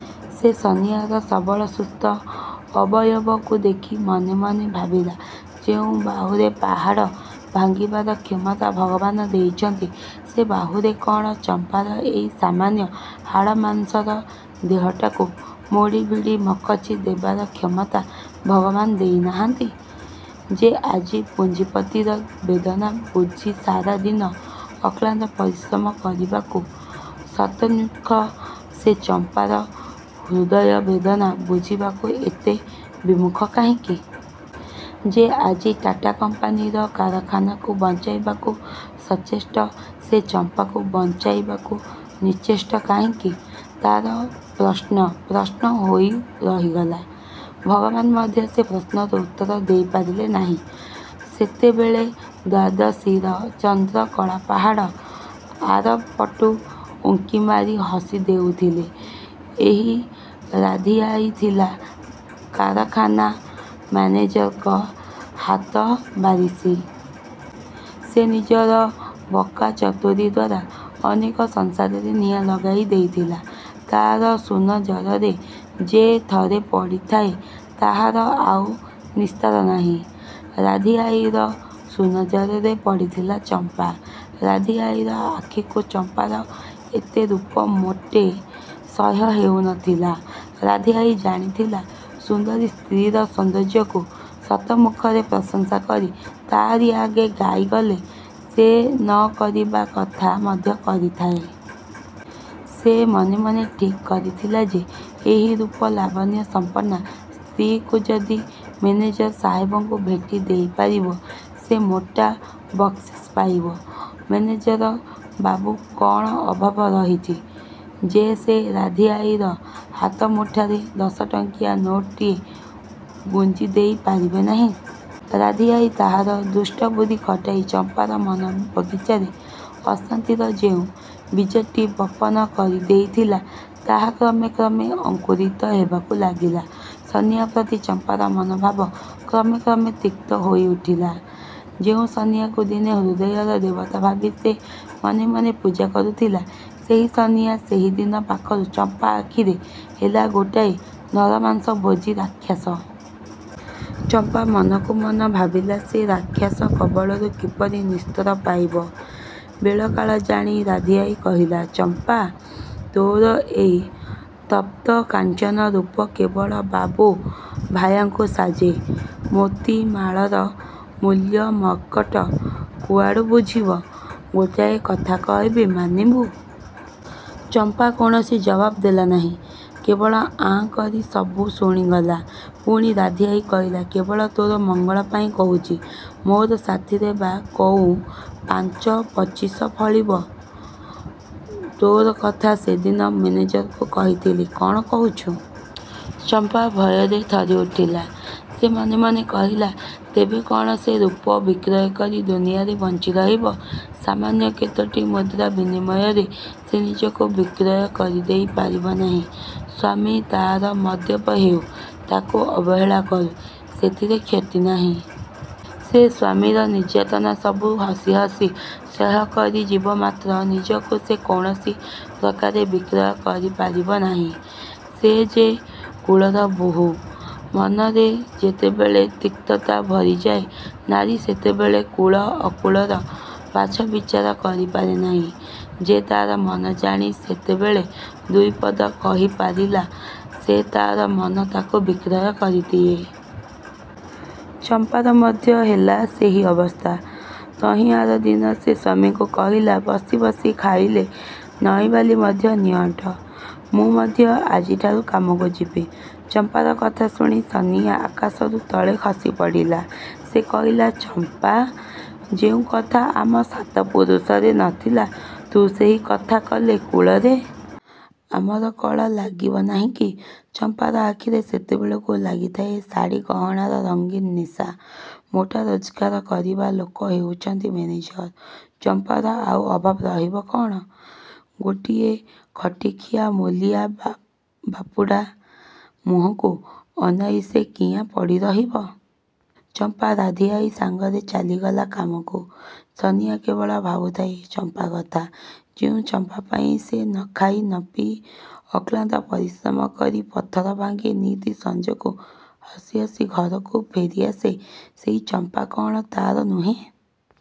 ସେ ସନିଆର ସବଳ ସୁସ୍ଥ ଅବୟବକୁ ଦେଖି ମନେମନେ ଭାବିଲା ଯେଉଁ ବାହୁରେ ପାହାଡ଼ ଭାଙ୍ଗିବାର କ୍ଷମତା ଭଗବାନ ଦେଇଛନ୍ତି ସେ ବାହୁରେ କ'ଣ ଚମ୍ପାର ଏଇ ସାମାନ୍ୟ ହାଡ଼ ମାଂସର ଦେହଟାକୁ ମୋଡ଼ି ଭିଡ଼ି ମକଚି ଦେବାର କ୍ଷମତା ଭଗବାନ ଦେଇନାହାନ୍ତି? ଯେ ଆଜି ପୁଞ୍ଜିପତିର ବେଦନା ବୁଝି ସାରାଦିନ ଅକ୍ଳାନ୍ତ ପରିଶ୍ରମ କରିବାକୁ ଶତନ୍ମୁଖ, ସେ ଚମ୍ପାର ହୃଦୟ ବେଦନା ବୁଝିବାକୁ ଏତେ ବିମୁଖ କାହିଁକି? ଯେ ଆଜି ଟାଟା କମ୍ପାନୀର କାରଖାନାକୁ ବଞ୍ଚାଇବାକୁ ସଚେଷ୍ଟ ସେ ଚମ୍ପାକୁ ବଞ୍ଚାଇବାକୁ ନିଶ୍ଚେଷ୍ଟ କାହିଁକି? ତା'ର ପ୍ରଶ୍ନ, ପ୍ରଶ୍ନ ହୋଇ ରହିଗଲା। ଭଗବାନ ମଧ୍ୟ ସେ ପ୍ରଶ୍ନର ଉତ୍ତର ଦେଇ ପାରିଲେ ନାହିଁ। ସେତେବେଳେ ଦ୍ୱାଦଶୀର ଚନ୍ଦ୍ର କଳାପାହାଡ଼ ଆରପଟୁ ଉଙ୍କିମାରି ହସିଦେଉଥିଲେ। ଏହି ରାଧୀଆଈ ଥିଲା କାରଖାନା ମାନେଜରଙ୍କ ହାତବାରିଶି। ସେ ନିଜର ବାକ୍ଚାତୁରୀଦ୍ୱାରା ଅନେକ ସଂସାରରେ ନିଆଁ ଲଗାଇ ଦେଇଥିଲା। ତା'ର ସୁନଜରରେ ଯେ ଥରେ ପଡ଼ିଯାଏ ତାହାର ଆଉ ନିସ୍ତାର ନାହିଁ। ରାଧୀଆଈର ସୁନଜରରେ ପଡ଼ିଥିଲା ଚମ୍ପା। ରାଧୀଆଈର ଆଖିକୁ ଚମ୍ପାର ଏତେ ରୂପ ମୋଟେ ସହ୍ୟ ହେଉନଥିଲା। ରାଧୀଆଈ ଜାଣିଥିଲା, ସୁନ୍ଦରୀ ସ୍ତ୍ରୀର ସୌନ୍ଦର୍ଯ୍ୟକୁ ଶତମୁଖରେ ପ୍ରଶଂସା କରି ତାରି ଆଗେ ଗାଇଗଲେ ସେ ନ କରିବା କଥା ମଧ୍ୟ କରିଥାଏ। ସେ ମନେମନେ ଠିକ୍ କରିଥିଲା ଯେ ଏହି ରୂପ ଲାବଣ୍ୟ ସମ୍ପର୍ଣ୍ଣା ସ୍ତ୍ରୀକୁ ଯଦି ମେନେଜର ସାହେବଙ୍କୁ ଭେଟି ଦେଇପାରିବ ସେ ମୋଟା ବକ୍ସିସ୍ ପାଇବ। ମେନେଜରଙ୍କର ବା କ'ଣ ଅଭାବ ରହିଛି ଯେ ସେ ରାଧୀଆଈର ହାତମୁଠାରେ ଦଶଟଙ୍କିଆ ନୋଟଟିଏ ଗୁଞ୍ଜିଦେଇ ପାରିବେ ନାହିଁ? ରାଧୀଆଈ ତାହାର ଦୁଷ୍ଟବୁଦ୍ଧି ଖଟାଇ ଚମ୍ପାର ମନବଗିଚାରେ ଅଶାନ୍ତିର ଯେଉଁ ବୀଜଟି ବପନ କରିଦେଇଥିଲା ତାହା କ୍ରମେ କ୍ରମେ ଅଙ୍କୁରିତ ହେବାକୁ ଲାଗିଲା। ସନିଆ ପ୍ରତି ଚମ୍ପାର ମନଭାବ କ୍ରମେ କ୍ରମେ ତିକ୍ତ ହୋଇଉଠିଲା। ଯେଉଁ ସନିଆକୁ ଦିନେ ହୃଦୟର ଦେବତା ଭାବି ସେ ମନେମନେ ପୂଜା କରୁଥିଲା, ସେହି ସନିଆ ସେହିଦିନ ପାଖରୁ ଚମ୍ପା ଆଖିରେ ହେଲା ଗୋଟିଏ ନରମାଂସ ଭୋଜି ରାକ୍ଷସ। ଚମ୍ପା ମନକୁ ମନ ଭାବିଲା ସେ ରାକ୍ଷାସ କବଳରୁ କିପରି ନିସ୍ତାର ପାଇବ? ବେଳକାଳ ଜାଣି ରାଧୀଆଈ କହିଲା, ''ଚମ୍ପା! ତୋର ଏଇ ତପ୍ତକାଞ୍ଚନ ରୂପ କେବଳ ବାବୁ, ଭାୟାକୁ ସାଜେ। ମୋତି ମାଳର ମୂଲ୍ୟ ମର୍କଟ କୁଆଡ଼ୁ ବୁଝିବ? ଗୋଟାଏ କଥା କହିବି ମାନିବୁ? '' ଚମ୍ପା କୌଣସି ଜବାବ୍ ଦେଲା ନାହିଁ। କେବଳ ଆଁ କରି ସବୁ ଶୁଣିଗଲା। ପୁଣି ରାଧୀଆଈ କହିଲା, ''କେବଳ ତୋର ମଙ୍ଗଳ ପାଇଁ କହୁଛି। ମୋର ସେଥିରେ ବା କଉଁ ପାଞ୍ଚ ପଚିଶ ଫଳିବ। ତୋ କଥା ସେଦିନ ମେନେଜରଙ୍କୁ କହିଥିଲି। କ'ଣ କହୁଛୁ? '' ଚମ୍ପା ଭୟରେ ଥରିଉଠିଲା। ସେ ମନେମନେ କହିଲା, ''ତେବେ କ'ଣ ସେ ରୂପ ବିକ୍ରୟକରି ଦୁନିଆରେ ବଞ୍ଚିରହିବ? ସାମାନ୍ୟ କେତୋଟି ମୁଦ୍ରା ବିନିମୟରେ ସେ ନିଜକୁ ବିକ୍ରୟ କରିଦେଇ ପାରିବ ନାହିଁ। ସ୍ୱାମୀ ତା'ର ମଦ୍ୟପ ହେଉ, ତାକୁ ଅବହେଳା କରୁ, ସେଥିରେ କ୍ଷତି ନାହିଁ। ସେ ସ୍ଵାମୀର ନିର୍ଯ୍ୟାତନା ସବୁ ହସି ହସି ସହ୍ୟ କରିଯିବ ମାତ୍ର ନିଜକୁ ସେ କୌଣସି ପ୍ରକାରେ ବିକ୍ରୟ କରିପାରିବ ନାହିଁ। ସେ ଯେ କୁଳର ବୋହୂ। '' ମନରେ ଯେତେବେଳେ ତିକ୍ତତା ଭରିଯାଏ ନାରୀ ସେତେବେଳେ କୁଳ, ଅକୁଳର ବାଛବିଚାର କରିପାରେ ନାହିଁ। ଯେ ତା'ର ମନଜାଣି ସେତେବେଳେ ଦୁଇପଦ କହିପାରିଲା ସେ ତା'ର ମନ ତାକୁ ବିକ୍ରୟ କରିଦିଏ। ଚମ୍ପାର ମଧ୍ୟ ହେଲା ସେହି ଅବସ୍ଥା। ତହିଁ ଆରଦିନ ସେ ସ୍ୱାମୀକୁ କହିଲା, ''ବସି ବସି ଖାଇଲେ ନଈବାଲି ମଧ୍ୟ ନିଅଣ୍ଟ। ମୁଁ ମଧ୍ୟ ଆଜିଠାରୁ କାମକୁ ଯିବି। '' ଚମ୍ପାର କଥା ଶୁଣି ସନିଆ ଆକାଶରୁ ତଳେ ଖସିପଡ଼ିଲା। ସେ କହିଲା, ''ଚମ୍ପା! ଯେଉଁ କଥା ଆମ ସାତ ପୁରୁଷରେ ନ ଥିଲା ତୁ ସେହି କଥା କଲେ କୁଳରେ। ଆମର କଳା ଲାଗିବ ନାହିଁକି-? '' ଚମ୍ପାର ଆଖିରେ ସେତେବେଳକୁ ଲାଗିଥାଏ ଶାଢ଼ି ଗହଣାର ରଙ୍ଗୀନ ନିଶା। ମୋଟା ରୋଜଗାର କରିବା ଲୋକ ହେଉଛନ୍ତି ମେନେଜର। ଚମ୍ପାର ଆଉ ଅଭାବ ରହିବ କ'ଣ? ଗୋଟାଏ ଖଟିଖିଆ ମୂଲିଆ ବାପୁଡ଼ା ମୁହଁକୁ ଅନାଇ ସେ କିଆଁ ପଡ଼ିରହିବ? ଚମ୍ପା ରାଧୀଆଈ ସାଙ୍ଗରେ ଚାଲିଗଲା କାମକୁ। ସନିଆ କେବଳ ଭାବୁଥାଏ ଚମ୍ପା କଥା-। ଯେଉଁ ଚମ୍ପା ପାଇଁ ସେ ନଖାଇ, ନପିଇ ଅକ୍ଳାନ୍ତ ପରିଶ୍ରମ କରି ପଥର ଭାଙ୍ଗି ନିତି ସଞ୍ଜକୁ ହସି ହସି ଘରକୁ ଫେରିଆସେ, ସେହି ଚମ୍ପା କ'ଣ ତା'ର ନୁହେଁ?